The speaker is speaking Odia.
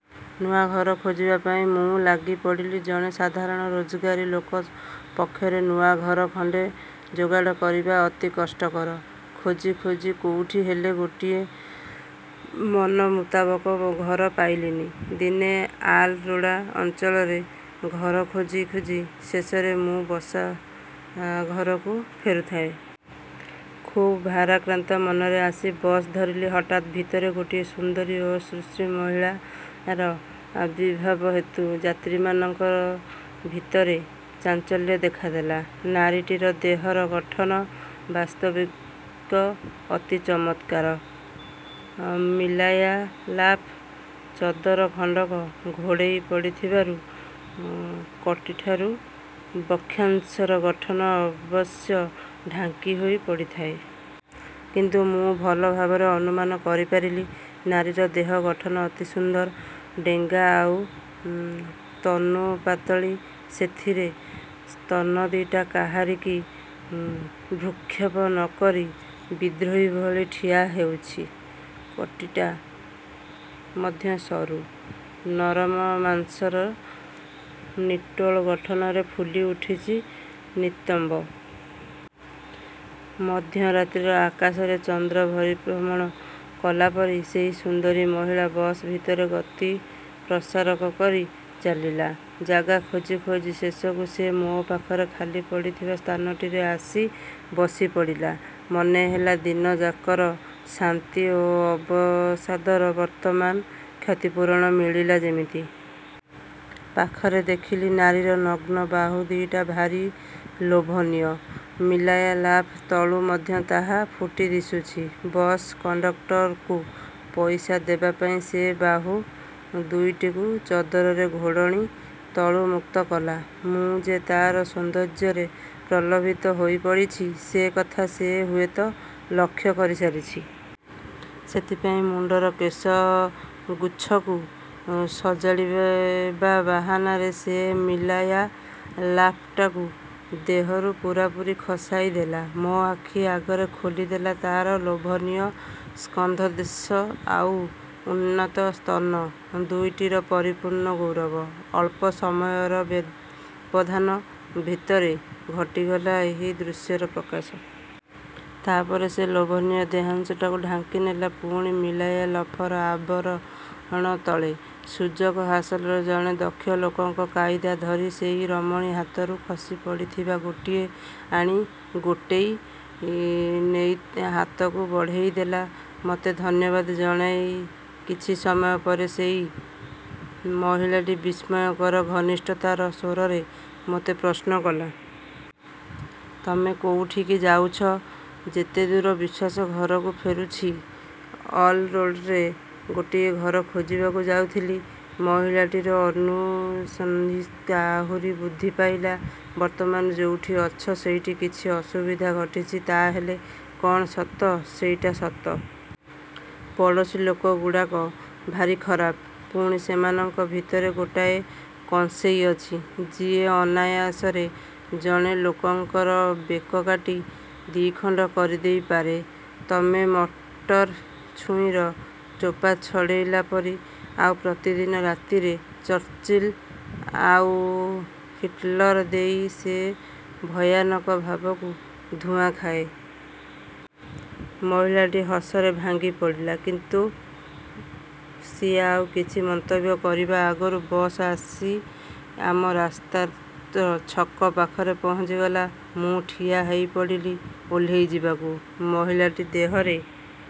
ନୂଆ ଘର ଖୋଜିବା ପାଇଁ ମୁଁ ଲାଗିପଡ଼ିଲି। ଜଣେ ସାଧାରଣ ରୋଜଗାରୀ ଲୋକ ପକ୍ଷରେ ନୂଆଘର ଖଣ୍ଡେ ଯୋଗାଡ଼ କରିବା ଅତି କଷ୍ଟକର। ଖୋଜି ଖୋଜି କୋଉଠି ହେଲେ ଗୋଟିଏ ମନମୁତାବକ ଘର ପାଇଲିନି। ଦିନେ ଆଲ୍-ରୋଡ଼ା ଅଞ୍ଚଳରେ ଘର ଖୋଜି ଖୋଜି ଶେଷରେ ମୁଁ ବସା ଘରକୁ ଫେରୁଥାଏ। ଖୁବ୍ ଭାରାକ୍ରାନ୍ତ ମନରେ ଆସି ବସ୍ ଧରିଲି। ହଠାତ୍ ଭିତରେ ଗୋଟିଏ ସୁନ୍ଦରୀ ଓ ସୁଶ୍ରୀ ମହିଳାର ଆବିର୍ଭାବ ହେତୁ ଯାତ୍ରୀମାନଙ୍କ ଭିତରେ ଚାଞ୍ଚଲ୍ୟ ଦେଖାଦେଲା। ନାରୀଟିର ଦେହର ଗଠନ ବାସ୍ତବିକ ଅତି ଚମତ୍କାର 'ମିଲାୟା-ଲାଫ' ଚଦର ଖଣ୍ଡକ ଘୋଡ଼େଇ ପଡ଼ିଥିବାରୁ କଟିଠାରୁ ବକ୍ଷାଂଶର ଗଠନ ଅବଶ୍ୟ ଢାଙ୍କି ହୋଇ ପଡ଼ିଥାଏ। କିନ୍ତୁ ମୁଁ ଭଲ ଭାବରେ ଅନୁମାନ କରିପାରିଲି-। ନାରୀର ଦେହ ଗଠନ ଅତି ସୁନ୍ଦର, ଡେଙ୍ଗା ଆଉ ତନୁପାତଳୀ, ସେଥିରେ ସ୍ତନଦିଟା କାହାରିକି ଭ୍ରୂକ୍ଷେପ ନ କରି ବିଦ୍ରୋହୀଭଳି ଠିଆ ହେଇଛି। କଟିଟା ମଧ୍ୟ ସରୁ, ନରମ ମାଂସର ନିଟୋଳ ଗଠନରେ ଫୁଲି ଉଠିଛି ନିତମ୍ବ। ମଧ୍ୟରାତ୍ରିର ଆକାଶରେ ଚନ୍ଦ୍ର ପରିଭ୍ରମଣ କଲାପରି ସେହି ସୁନ୍ଦରୀ ମହିଳା ବସ୍ ଭିତରେ ଗତି ପ୍ରସାରକରି ଚାଲିଲା। ଜାଗା ଖୋଜି ଖୋଜି ଶେଷକୁ ସେ ମୋର ପାଖରେ ଖାଲି ପଡ଼ିଥିବା ସ୍ଥାନଟିରେ ଆସି ବସି ପଡ଼ିଲା। ମନେହେଲା ଦିନଯାକର ଶ୍ରାନ୍ତି ଓ ଅବସାଦର ବର୍ତ୍ତମାନ କ୍ଷତିପୂରଣ ମିଳିଲା ଯେମିତି। ପାଖରେ ଦେଖିଲି, ନାରୀର ନଗ୍ନ ବାହୁଦିଟା ଭାରି ଲୋଭନୀୟ। ମିଲାୟା-ଲାଫ୍ ତଳୁ ମଧ୍ୟ ତାହା ଫୁଟି ଦିଶୁଛି। ବସ୍ କଣ୍ଡକଟରକୁ ପଇସା ଦେବାପାଇଁ ସେ ବାହୁ ଦୁଇଟିକୁ ଚଦରର ଘୋଡ଼ଣି ତଳୁ ମୁକ୍ତ କଲା। ମୁଁ ଯେ ତାର ସୌନ୍ଦର୍ଯ୍ୟରେ ପ୍ରଲୋଭିତ ହୋଇପଡ଼ିଛି, ସେ କଥା ସେ ହୁଏତ ଲକ୍ଷ୍ୟ କରିସାରିଛି। ସେଥିପାଇଁ ମୁଣ୍ଡର କେଶଗୁଚ୍ଛକୁ ସଜାଡ଼ିବା ବାହାନାରେ ସେ ମିଲାୟା-ଲାଫଟାକୁ ଦେହରୁ ପୁରାପୁରି ଖସାଇ ଦେଲା-। ମୋ ଆଖି ଆଗରେ ଖୋଲି ଦେଲା ତାର ଲୋଭନୀୟ ସ୍କନ୍ଧଦେଶ, ଆଉ ଉନ୍ନତ ସ୍ତନ ଦୁଇଟିର ପରିପୂର୍ଣ୍ଣ ଗୌରବ। ଅଳ୍ପ ସମୟର ବ୍ୟବଧାନ ଭିତରେ ଘଟିଗଲା ଏହି ଦୃଶ୍ୟର ପ୍ରକାଶ। ତାପରେ ସେ ଲୋଭନୀୟ ଦେହାଂଶକୁ ଢାଙ୍କିନେଲା ପୁଣି ମିଲାୟା-ଲଫର୍ ଆବରଣ ତଳେ। ସୁଯୋଗ ହାସଲର ଜଣେ ଦକ୍ଷ ଲୋକର କାଇଦା ଧରି ସେଇ ରମଣୀ ହାତରୁ ଖସି ପଡ଼ିଥିବା ଗୋଟିଏ। ଅଣି ଗୋଟେଇ ନେଇ ତ ହାତକୁ ବଢ଼େଇ ଦେଲା। ମତେ ଧନ୍ୟବାଦ୍ ଜଣାଇ କିଛି ସମୟ ପରେ ସେହି ମହିଳାଟି ବିସ୍ମୟକର ଘନିଷ୍ଠତାର ସ୍ୱରରେ ମୋତେ ପ୍ରଶ୍ନ କଲା। "ତମେ କୋଉଠିକି ଯାଉଛ? " "ଯେତେଦୂର ବିଶ୍ୱାସ ଘରକୁ ଫେରୁଛି। " "ଅଲ୍-ରୋଡ଼ାରେ ଗୋଟିଏ ଘର ଖୋଜିବାକୁ ଯାଇଥିଲି। " ମହିଳାଟିର ଅନୁସନ୍ଧିତ୍ସା ଆହୁରି ବୃଦ୍ଧି ପାଇଲା। "ବର୍ତ୍ତମାନ ଯୋଉଠି ଅଛ, ସେଠି କିଛି ଅସୁବିଧା ଘଟିଛି ତା' ହେଲେ। କଣ ସତ? " "ସେଇଟା ସତ। ପଡ଼ୋଶୀ ଲୋକଗୁଡ଼ାକ ଭାରି ଖରାପ, ପୁଣି, ସେମାନଙ୍କ ଭିତରେ ଗୋଟାଏ କଂସେଇ ଅଛି, ଯିଏ ଅନାୟାସରେ ଜଣେ ଲୋକଙ୍କର ବେକ କାଟି ଦିଖଣ୍ଡ କରିଦେଇପାରେ, ତମେ ମଟର ଛୁଇଁର ଚୋପା ଛଡ଼େଇଲା ପରି; ଆଉ ପ୍ରତିଦିନ ରାତିରେ ଚର୍ଚ୍ଚିଲ ଆଉ ହିଟଲର୍ ଦେଇ ସେ ଭୟାନକ ଭାବରେ ଧୂଆଁ ଖାଏ... " ମହିଳାଟି ହସରେ ଭାଙ୍ଗି ପଡ଼ିଲା। କିନ୍ତୁ ସିଏ ଆଉ କିଛି ମନ୍ତବ୍ୟ କରିବା ଆଗରୁ ବସ୍ ଆସି ଆମ ରାସ୍ତାର ଛକ ପାଖରେ ପହଞ୍ଚିଗଲା। ମୁଁ ଠିଆ ହେଇପଡ଼ିଲି ଓହ୍ଲେଇ ଯିବାକୁ। ମହିଳାଟି ଦେହରେ